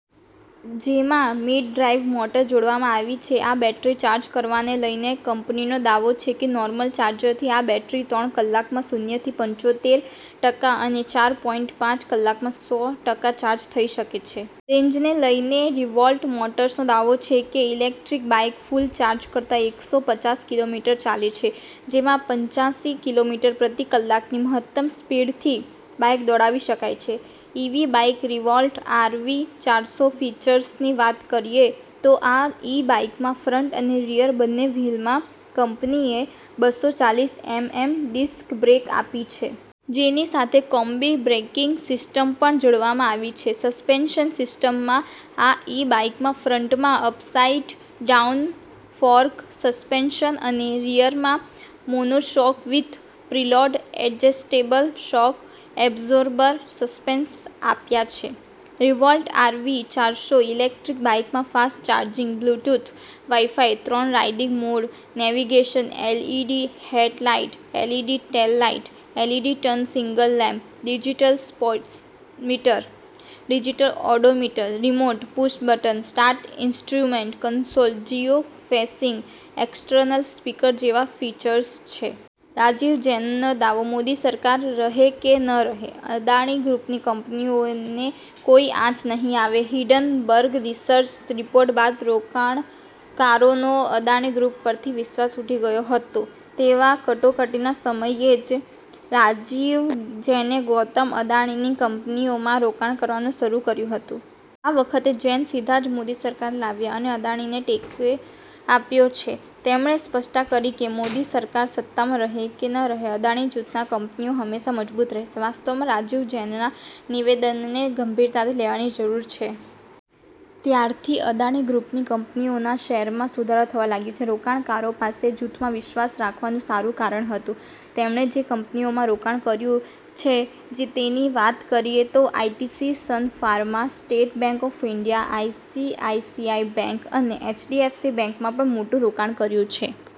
જેમાં mid drive motor જોડવામાં આવી છે. આ બેટરી ચાર્જ કરવાને લઇને કંપનીનો દાવો છે કે નોર્મલ ચાર્જરથી આ બેટરી ત્રણ કલાકમાં શૂન્ય થી પંચોતેર ટકા અને ચાર પોઈંટ પાંચ કલાકમાં સો ટકા ચાર્જ થઇ શકે છે. રેન્જને લઇને રિવોલ્ટ મોટર્સનો દાવો છે કે, ઇલેકટ્રિક બાઇક ફૂલ ચાર્જ કરતાં એકસો પચાસ કિલોમીટર ચાલે છે. જેમાં પંચાસી કિલોમીટર પ્રતિ કલાકની મહત્તમ સ્પીડથી બાઇક દોડાવી શકાય છે. ઇવી બાઇક રિવોલ્ટ આરવી ચારસો ફિચર્સની વાત કરીએ તો આ ઇ બાઇકમાં ફ્રંટ અને રિયર બંને વ્હિલમાં કંપનીએ બસો ચાલીસ એમએમ ડિસ્ક બ્રેક આપી છે. જેની સાથે કોમ્બી બ્રેકિંગ સિસ્ટમ પણ જોડવામાં આવી છે. સસ્પેન્શન સિસ્ટમમાં આ ઇ બાઇકમાં ફ્રંટમાં અપસાઇટ ડાઉન ફોર્ક સસ્પેન્શન અને રિયરમાં monoshock with preload adjustable shock absorber suspension આપ્યા છે. રિવોલ્ટ આરવી ચારસો ઇલેક્ટ્રિક બાઇકમાં ફાસ્ટ ચાર્જિંગ, બ્લૂટૂથ, વાઇફાઇ, ત્રણ riding mode, navigation, LED head light, LED tail light, LED turn signal lamp, digital speedometer, digital odometer, remote, push button start, instrument console, geo fencing, external speaker જેવા features છે. રાજીવ જૈનનો દાવો- 'મોદી સરકાર રહે કે ન રહે, અદાણી ગ્રૂપની કંપનીઓને કોઇ આંચ નહીં આવે'. હિંડનબર્ગ રિસર્ચ રિપોર્ટ બાદ રોકાણકારોનો અદાણી ગ્રૂપ પરથી વિશ્વાસ ઉઠી ગયો હતો તેવા કટોકટીના સમયે જ રાજીવ જૈને ગૌતમ અદાણીની કંપનીઓમાં રોકાણ કરવાનું શરૂ કર્યું હતું. આ વખતે જૈન સીધા જ મોદી સરકાર લાવ્યા અને અદાણીને ટેકો આપ્યો છે. તેમણે સ્પષ્ટતા કરી કે, મોદી સરકાર સત્તામાં રહે કે ન રહે, અદાણી જૂથની કંપનીઓ હંમેશા મજબૂત રહેશે. વાસ્તવમાં રાજીવ જૈનના નિવેદનને ગંભીરતાથી લેવાની જરૂર છે. ત્યારથી અદાણી ગ્રુપની કંપનીઓના શેરમાં સુધારો થવા લાગ્યો છે. રોકાણકારો પાસે જૂથમાં વિશ્વાસ રાખવાનું સારું કારણ હતું. તેમણે જે કંપનીઓમાં રોકાણ કર્યું છે તેની વાત કરીએ તો ITC, Sun Pharma, State Bank of India, ICICI Bank અને એચડીએફસી બેંકમાં પણ મોટું રોકાણ કર્યું છે.